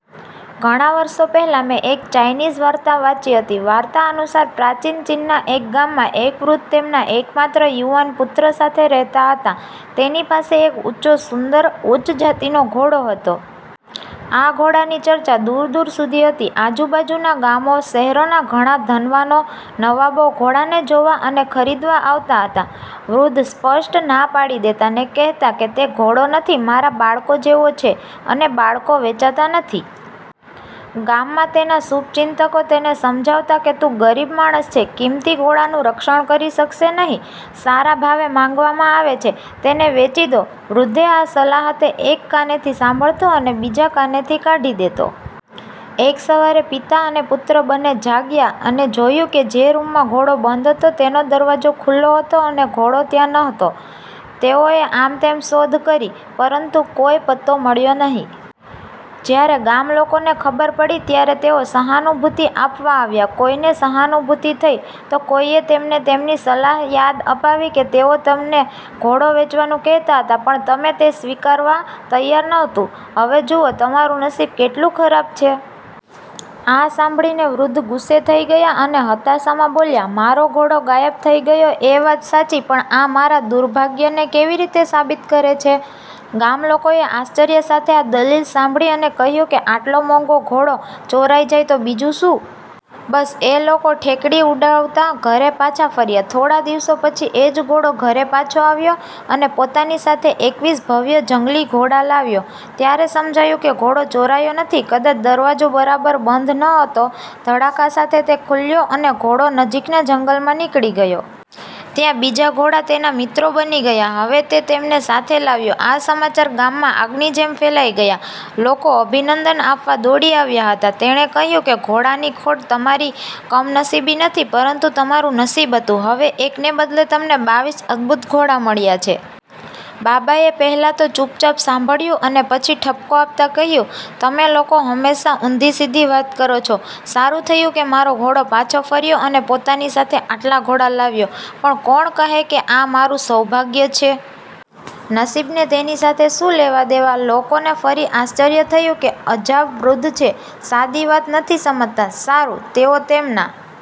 ઘણા વર્ષો પહેલા મેં એક ચાઈનીઝ વાર્તા વાંચી હતી, વાર્તા અનુસાર, પ્રાચીન ચીનના એક ગામમાં, એક વૃદ્ધ તેમના એકમાત્ર યુવાન પુત્ર સાથે રહેતા હતા. તેની પાસે એક ઊંચો, સુંદર, ઉચ્ચ જાતિનો ઘોડો હતો. આ ઘોડાની ચર્ચા દૂર દૂર સુધી હતી. આજુબાજુના ગામો, શહેરોના ઘણા ધનવાનો, નવાબો ઘોડા ને જોવા અને ખરીદવા આવતા હતા. વૃદ્ધ સ્પષ્ટ ના પાડી દેતા. ને કહેતા કે તે ઘોડો નથી, મારા બાળકો જેવો છે અને બાળકો વેચાતા નથી. ગામમાં તેના શુભચિંતકો તેને સમજાવતા કે તું ગરીબ માણસ છે, કિંમતી ઘોડાનું રક્ષણ કરી શકશે નહીં, સારા ભાવે માંગવામાં આવે છે, તેને વેચી દો. વૃદ્ધે આ સલાહતે એક કાનેથી સાંભળતો અને બીજા કાનેથી કાઢી દેતો. એક સવારે પિતા અને પુત્ર બંને જાગયા અને જોયું કે જે રૂમમાં ઘોડો બંધ હતો તેનો દરવાજો ખુલ્લો હતો અને ઘોડો ત્યાં નહોતો. તેઓએ આમ તેમ શોધ કરી, પરંતુ કોઈ પત્તો મળ્યો નહીં. જ્યારે ગામલોકોને ખબર પડી ત્યારે તેઓ સહાનુભૂતિ આપવા આવ્યા. કોઈને સહાનુભૂતિ થઈ, તો કોઈએ તેમને તેમની સલાહ યાદ અપાવી કે તેઓ તમને ઘોડો વેચવાનું કહેતા હતા, પણ તમે તે સ્વીકારવા તૈયાર નહોતા, હવે જુઓ તમારું નસીબ કેટલું ખરાબ છે. આ સાંભળીને વૃદ્ધ ગુસ્સે થઈ ગયા અને હતાશામાં બોલ્યા, મારો ઘોડો ગાયબ થઈ ગયો એ વાત સાચી, પણ આ મારા દુર્ભાગ્યને કેવી રીતે સાબિત કરે છે? ગામલોકોએ આશ્ચર્ય સાથે આ દલીલ સાંભળી અને કહ્યું કે આટલો મોંઘો ઘોડો ચોરાઈ જાય તો બીજું શું? બસ, એ લોકો ઠેકડી ઉડાવતા ઘરે પાછા ફર્યા. થોડા દિવસો પછી એ જ ઘોડો ઘરે પાછો આવ્યો અને પોતાની સાથે એકવીસ ભવ્ય જંગલી ઘોડા લાવ્યો. ત્યારે સમજાયું કે ઘોડો ચોરાયો નથી, કદાચ દરવાજો બરાબર બંધ ન હતો, ધડાકા સાથે તે ખુલ્યો અને ઘોડો નજીકના જંગલમાં નીકળી ગયો. ત્યાં બીજા ઘોડા તેના મિત્રો બની ગયા, હવે તે તેમને સાથે લાવ્યો. આ સમાચાર ગામમાં આગની જેમ ફેલાઈ ગયા. લોકો અભિનંદન આપવા દોડી આવ્યા હતા. તેણે કહ્યું કે ઘોડાની ખોટ તમારી કમનસીબી નથી, પરંતુ તમારું નસીબ હતું, હવે એકને બદલે તમને બાવીસ અદ્ભુત ઘોડા મળ્યા છે. બાબાએ પહેલા તો ચુપચાપ સાંભળ્યું અને પછી ઠપકો આપતા કહ્યું, તમે લોકો હંમેશા ઉંધી સીધી વાત કરો છો, સારું થયું કે મારો ઘોડો પાછો ફર્યો અને પોતાની સાથે આટલા ઘોડા લાવ્યો, પણ કોણ કહે કે આ મારું સૌભાગ્ય છે? નસીબને તેની સાથે શું લેવાદેવા? લોકોને ફરી આશ્ચર્ય થયું કે અજાબ વૃદ્ધ છે, સાદી વાત નથી સમજતા. સારું, તેઓ તેમના